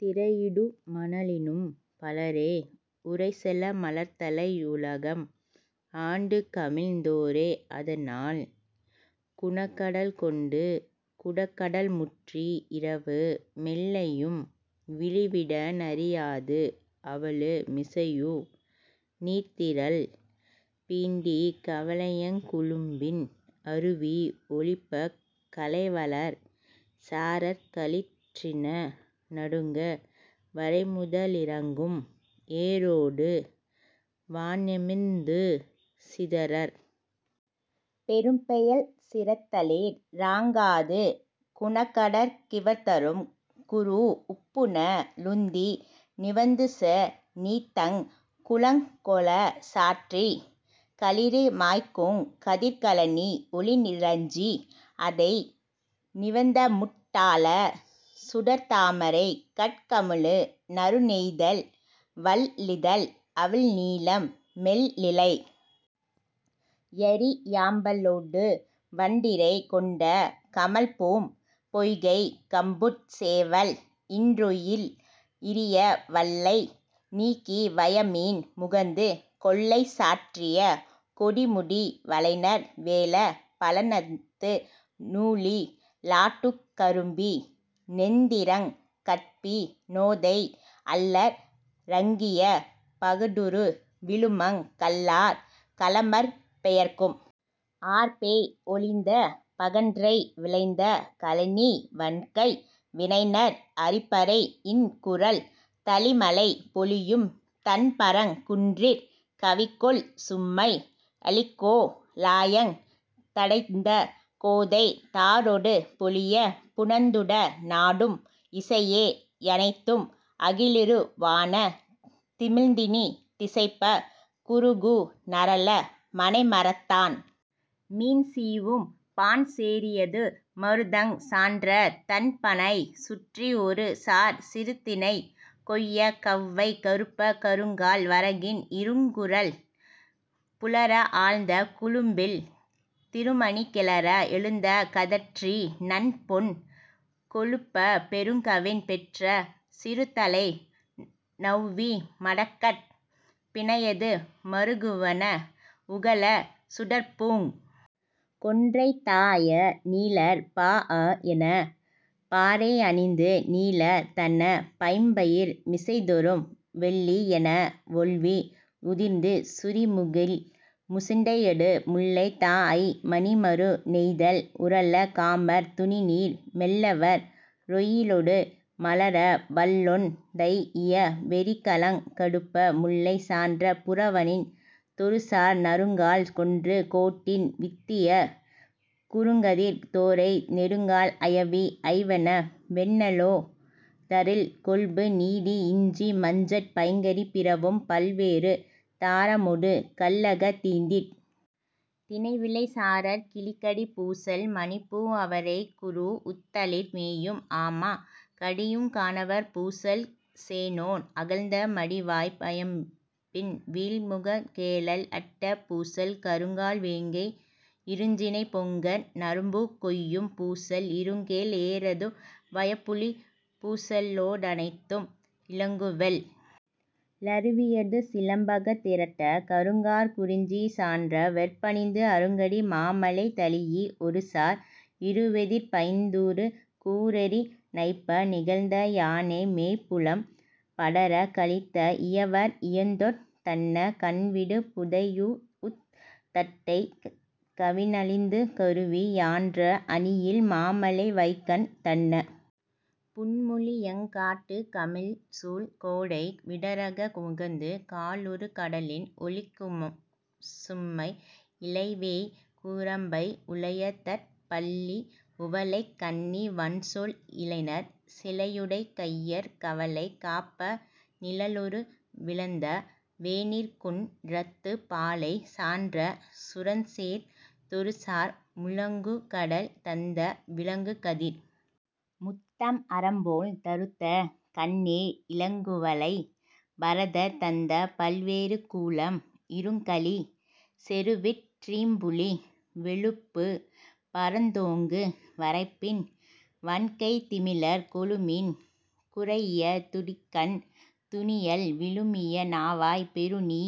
திரையிடு மணலினும் பலரே உரைசெல மலர்தலை யுலகம் ஆண்டுகழிந் தோரே அதனால், குணகடல் கொண்டு குடகடல்முற்றி இரவு மெல்லையும் விளிவிட னறியாது அவலு மிசையு நீர்த்திரள் பீண்டிக் கவலையங் குழும்பின் அருவி ஒலிப்பக் கழைவளர் சாரற் களிற்றின நடுங்க வரைமுத லிரங்கும் ஏறொடு வான்ஞெமிர்ந்து சிதரற் பெரும்பெயல் சிறத்தலிற் றாங்காது குணகடற் கிவர்தருங் குரூஉப்புன லுந்தி நிவந்துசெ னீத்தங் குளங்கொளச் சாற்றிக் களிறு மாய்க்குங் கதிர்க் கழனி ஒளி றிலஞ்சி அடை நிவந்த முட் டாள சுடர்த் தாமரை கட் கமழு நறு நெய்தல் வள் ளிதழ் அவிழ் நீலம் மெல் லிலை யரி யாம்பலொடு வண்டிறை கொண்ட கமழ்பூம் பொய்கைக் கம்புட் சேவல் இன்றுயில் இரிய வள்ளை நீக்கி வயமீன் முகந்து கொள்ளை சாற்றிய கொடுமுடி வலைஞர் வேழப் பழனத்து நூழி லாட்டுக் கரும்பி னெந்திரங் கட்பி னோதை அள்ளற் றங்கிய பகடுறு விழுமங் கள்ளார் களமர் பெயர்க்கும் ஆர்ப்பே ஒலிந்த பகன்றை விளைந்த கழனி வன்கை வினைஞர் அரிபறை யின்குரல் தளிமழை பொழியுந் தண்பரங் குன்றிற் கவிகொள் சும்மை யலிகொ ளாயந் ததைந்த கோதை தாரொடு பொலியப் புணர்ந்துட னாடும் இசையே யனைத்தும் அகலிரு வானத் திமிழ்ந்தினி திசைப்பக் குருகு நரல மனை மரத்தான் மீன் சீவும் பாண் சேரியடு மருதஞ் சான்ற தண்பணை சுற்றிஒருசார்ச் சிறுதினை கொய்யக் கவ்வை கறுப்பக் கருங்கால் வரகின் இருங்குரல் புலர ஆழ்ந்த குழும்பில் திருமணி கிளர எழுந்த கடற்றி னன்பொன் கொழிப்பப் பெருங்கவின் பெற்ற சிறுதலை நெளவி மடக்கட் பிணையடு மறுகுவன உகளச் சுடர்ப்பூங் கொன்றை தாஅய நீழற் பாஅ யன்ன பாறை யணிந்து நீலத் தன்ன பைம்பயிர் மிசைதொறும் வெள்ளி யன்ன வொள்வி யுதிர்ந்து சுரிமுகிழ் முசுண்டையடு முல்லை தாஅய் மணிமரு ணெய்தல் உறழக் காமர் துணிநீர் மெல்லவற் றொய்யிலொடு மலர வல்லொன் தைஇய வெறிக்களங் கடுப்ப முல்லை சான்ற புறவணிந் தொருசார் நறுங்காழ் கொன்று கோட்டின் வித்திய குறுங்கதிர்த் தோரை நெடுங்கால் ஐயவி ஐவன வெண்ணெலொ டரில்கொள்பு நீடி இஞ்சி மஞ்சட் பைங்கறி பிறவும் பல்வேறு தாரமொடு கல்லகத் தீண்டித். தினைவிளை சாரற் கிளிகடி பூசல் மணிப்பூ அவரைக் குரூஉத்தளிர் மேயும் ஆமா கடியுங் கானவர் பூசல் சேணோன் அகழ்ந்த மடிவாய்ப் பயம்பின் வீழ்முகக் கேழல் அட்ட பூசல் கருங்கால் வேங்கை இருஞ்சினைப் பொங்கர் நறும்பூக் கொய்யும் பூசல் இருங்கேழ் ஏறடு வயப்புலிப் பூசலொ டனைத்தும் இலங்குவெள் ளருவியடு சிலம்பகத் திரட்டக் கருங்காற் குறிஞ்சி சான்ற வெற்பணிந்து அருங்கடி மாமலை தழீஇ ஒருசார் இருவெதிர்ப் பைந்தூறு கூரெரி நைப்ப நிழத்த யானை மேய்புலம் படரக் கலித்த இயவர் இயந்தொட் டன்ன கண்விடு புடையூஉத் தட்டை கவினழிந்து அருவி யான்ற அணியில் மாமலை வைகண் டன்ன புன்முளி யங்காட்டுக் கமழ்சூழ் கோடை விடரக முகந்து காலுறு கடலின் ஒலிக்குஞ் சும்மை இலைவேய் குரம்பை உழையதட் பள்ளி உவலைக் கண்ணி வன்சொல் இளைஞர் சிலையுடைக் கையர் கவலை காப்ப நிழலுரு விழந்த வேனிற்குன் றத்துப் பாலை சான்ற சுரஞ்சேர்ந் தொருசார் முழங்குகடல் தந்த விளங்குகதிர் முத்தம் அரம்போழ்ந் தறுத்த கண்ணேர் இலங்குவளை பரதர் தந்த பல்வேறு கூலம் இருங்கழிச் செறுவிற் றீம்புளி வெள்ளுப்புப் பரந்தோங்கு வரைப்பின் வன்கைத் திமிலர் கொழுமீன் குறைஇய துடிக்கண் துணியல் விழுமிய நாவாய் பெருநீ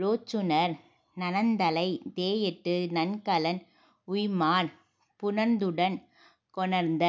ரோச்சுநர் நனந்தலை தேஎத்து நன்கலன் உய்ம்மார் புணர்ந்துடன் கொணர்ந்த